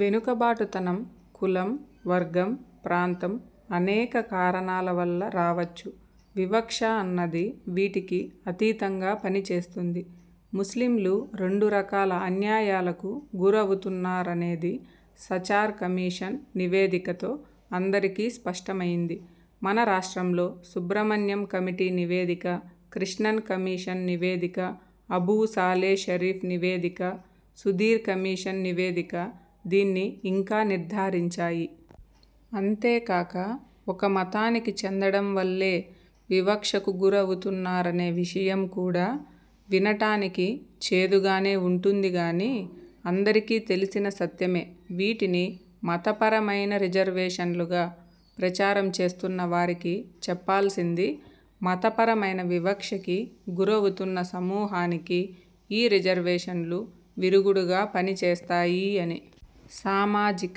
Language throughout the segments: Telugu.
వెనుకబాటుతనం కులం, వర్గం, ప్రాంతం అనేక కారణాల వల్ల రావచ్చు వివక్ష అన్నది వీటికి అతీతంగా పనిచేస్తుంది. ముస్లింలు రెండు రకాల అన్యాయాలకు గురవుతున్నారనేది సచార్ కమిషన్ నివేదికతో అందరికీ స్పష్టమయింది. మన రాష్ట్రంలో సుబ్రహ్మణ్యం కమిటీ నివేదిక, కృష్ణన్ కమిషన్ నివేదిక, అబూ సాలే షరీఫ్ నివేదిక, సుధీర్ కమిషన్ నివేదిక దీన్ని ఇంకా నిర్ధారించాయి. అంతే కాక, ఒక మతానికి చెందటం వల్లే వివక్షకు గురవుతున్నారనే విషయం కూడా వినటానికి చేదుగానే ఉంటుంది గానీ అందరికీ తెలిసిన సత్యమే. వీటిని 'మత పరమైన' రిజర్వేషన్లుగా ప్రచారం చేస్తున్న వారికి చెప్పాల్సింది మత పరమయిన వివక్షకి గురవుతున్న సమూహానికి ఈ రిజర్వేషన్లు విరుగుడుగా పనిచేస్తాయీ అని. సామాజిక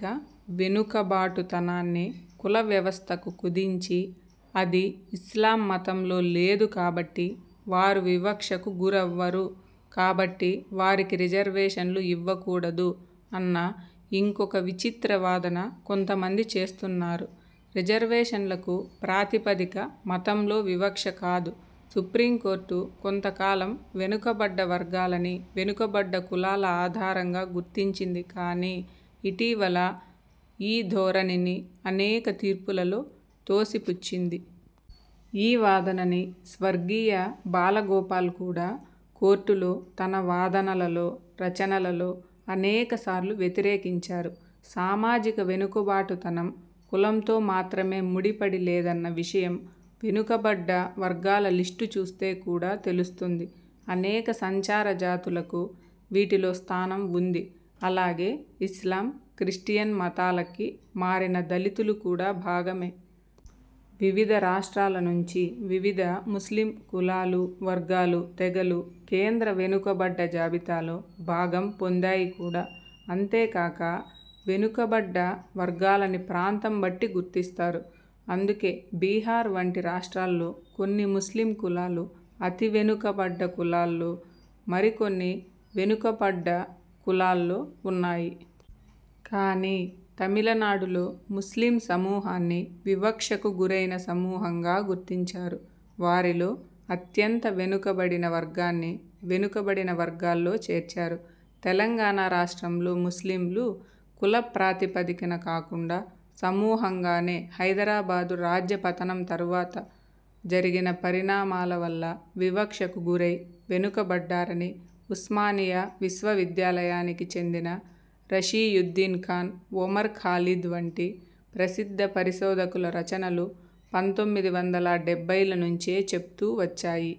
వెనుకబాటుతనాన్ని కుల వ్యవస్థకి కుదించి, అది ఇస్లాం మతంలో లేదు కాబట్టి వారు వివక్షకు గురవ్వరు, కాబట్టి వారికి రిజర్వేషన్లు ఇవ్వకూడదు అన్న ఇంకొక విచిత్ర వాదన కొంతమంది చేస్తున్నారు. రిజర్వేషన్లకు ప్రాతిపదిక మతంలో వివక్ష కాదు. సుప్రీమ్ కోర్టు కొంత కాలం వెనుకబడ్డ వర్గాలని వెనుక బడ్డ కులాల ఆధారంగా గుర్తించింది కానీ ఇటీవల ఈ ధోరణిని అనేక తీర్పులలో తోసిపుచ్చింది. ఈ వాదనని స్వర్గీయ బాలగోపాల్ కూడా కోర్టులో తన వాదనలలో, రచనలలో అనేక సార్లు వ్యతిరేకించారు. సామాజిక వెనుకబాటుతనం కులంతో మాత్రమే ముడిపడి లేదన్న విషయం వెనుకబడ్డ వర్గాల లిస్టు చూస్తే కూడా తెలుస్తుంది. అనేక సంచార జాతులకు వీటిలో స్థానం వుంది. అలాగే ఇస్లాం, క్రిస్టియన్ మతాలకి మారిన దళితులు కూడా భాగమే. వివిధ రాష్ట్రాల నుంచి వివిధ ముస్లిం కులాలు, వర్గాలు, తెగలు కేంద్ర వెనుకబడ్డ జాబితాలో భాగం పొందాయి కూడా. అంతేకాక వెనుకబడ్డ వర్గాలని ప్రాంతం బట్టి గుర్తి స్తారు. అందుకే బీహార్ వంటి రాష్ట్రాల్లో కొన్ని ముస్లిం కులాలు అతి వెనుకబడ్డ కులాల్లో, మరికొన్ని వెనుకబడ్డ కులాల్లో వున్నాయి. కానీ, తమిళనాడులో ముస్లిం సమూహాన్ని వివక్షకు గురయిన సమూహంగా గుర్తించారు. వారిలో అత్యంత వెనుకబడిన వర్గాన్ని వెనుకబడిన వర్గాల్లో చేర్చారు. తెలంగాణ రాష్ట్రంలో ముస్లింలు కుల ప్రాతిపదికన కాకుండా సమూహంగానే హైదరాబాదు రాజ్య పతనం తర్వాత జరిగిన పరిణామాల వల్ల వివక్షకు గురై వెనుకబడ్డారని ఉస్మానియా విశ్వవిద్యాలయానికి చెందిన రషీయుద్దీన్ ఖాన్, ఒమర్ ఖాలిద్ వంటి ప్రసిద్ధ పరిశోధకుల రచనలు పంతొమ్మిది వందల డెబ్బైల నుంచే చెప్తూ వచ్చాయి.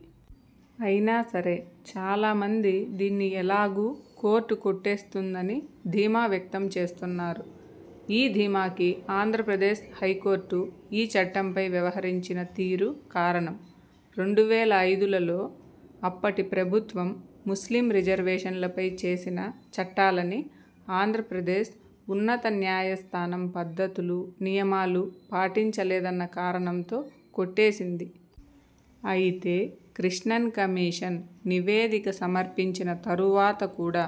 అయినా సరే, చాలా మంది దీన్ని ఎలాగూ కోర్టు కొట్టేస్తుందని ధీమా వ్యక్తం చేస్తున్నారు. ఈ ధీమాకి ఆంధ్ర ప్రదేశ్ హైకోర్టు ఈ చట్టంపై వ్యవహరించిన తీరు కారణం., రెండు వేల ఐదులలో అప్పటి ప్రభుత్వం ముస్లిం రిజర్వేషన్లపై చేసిన చట్టాలని ఆంధ్ర ప్రదేశ్ ఉన్నత న్యాయస్థానం పద్ధతులు, నియమాలు పాటించలేదన్న కారణంతో కొట్టేసింది. అయితే, కృష్ణన్ కమిషన్ నివేదిక సమర్పించిన తరువాత కూడా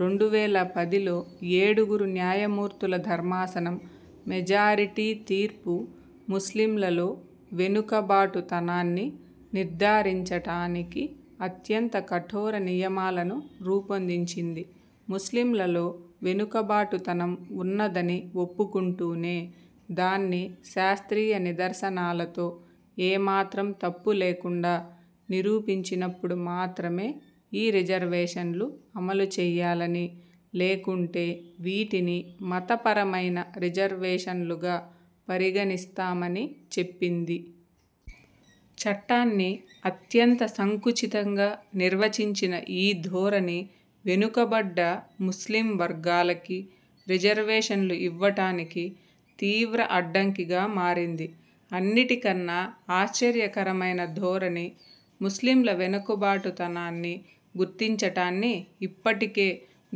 రెండు వేల పదిలో ఏడుగురు న్యాయమూర్తుల ధర్మాసనం మెజారిటీ తీర్పు ముస్లింలలో వెనుకబాటుతనాన్ని నిర్ధారించటానికి అత్యంత కఠోర నియమాలని రూపొందించింది. ముస్లింలలో వెనుకబాటుతనం వున్నదని ఒప్పుకుంటూనే, దాన్ని శాస్త్రీయ నిదర్శనాలతో, ఏమాత్రం తప్పు లేకుండా నిరూపించినప్పుడు మాత్రమే ఈ రిజర్వేషన్లు అమలు చెయ్యాలని, లేకుంటే వీటిని 'మతపరమయిన రిజర్వేషన్లుగా' పరిగణిస్తామని చెప్పింది. చట్టాన్ని అత్యంత సంకుచితంగా నిర్వచించిన ఈ ధోరణి వెనుకబడ్డ ముస్లిం వర్గాలకి రిజర్వేషన్లు ఇవ్వటానికి తీవ్ర అడ్డంకిగా మారింది. అన్నిటికన్నా ఆశ్చర్యకరమైన ధోరణి ముస్లింల వెనుకబాటుతనాన్ని గుర్తించటాన్ని ఇప్పటికే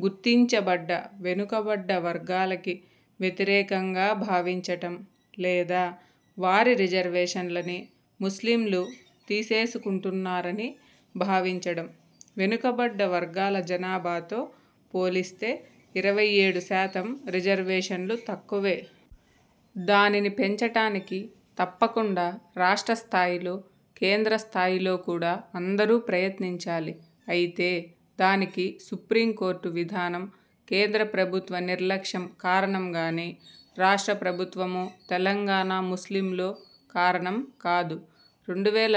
గుర్తించబడ్డ వెనుకబడ్డ వర్గాలకి వ్యతిరేకంగా భావించటం, లేదా వారి రిజర్వేషన్లని ముస్లింలు తీసేసుకుంటున్నారని భావించటం. వెనుకబడ్డ వర్గాల జనాభాతో పోలిస్తే ఇరవై ఏడుశాతం రిజర్వేషన్లు తక్కువే. దానిని పెంచటానికి తప్పకుండా రాష్ట్ర స్థాయిలో, కేంద్ర స్థాయిలో కూడా అందరూ ప్రయత్నించాలి. అయితే దానికి సుప్రీమ్ కోర్టు విధానం, కేంద్ర ప్రభుత్వ నిర్లక్ష్యం కారణం గానీ, రాష్ట్ర ప్రభుత్వమో, తెలంగాణా ముస్లింలో కారణం కాదు. రెండు వేల నాలుగుతో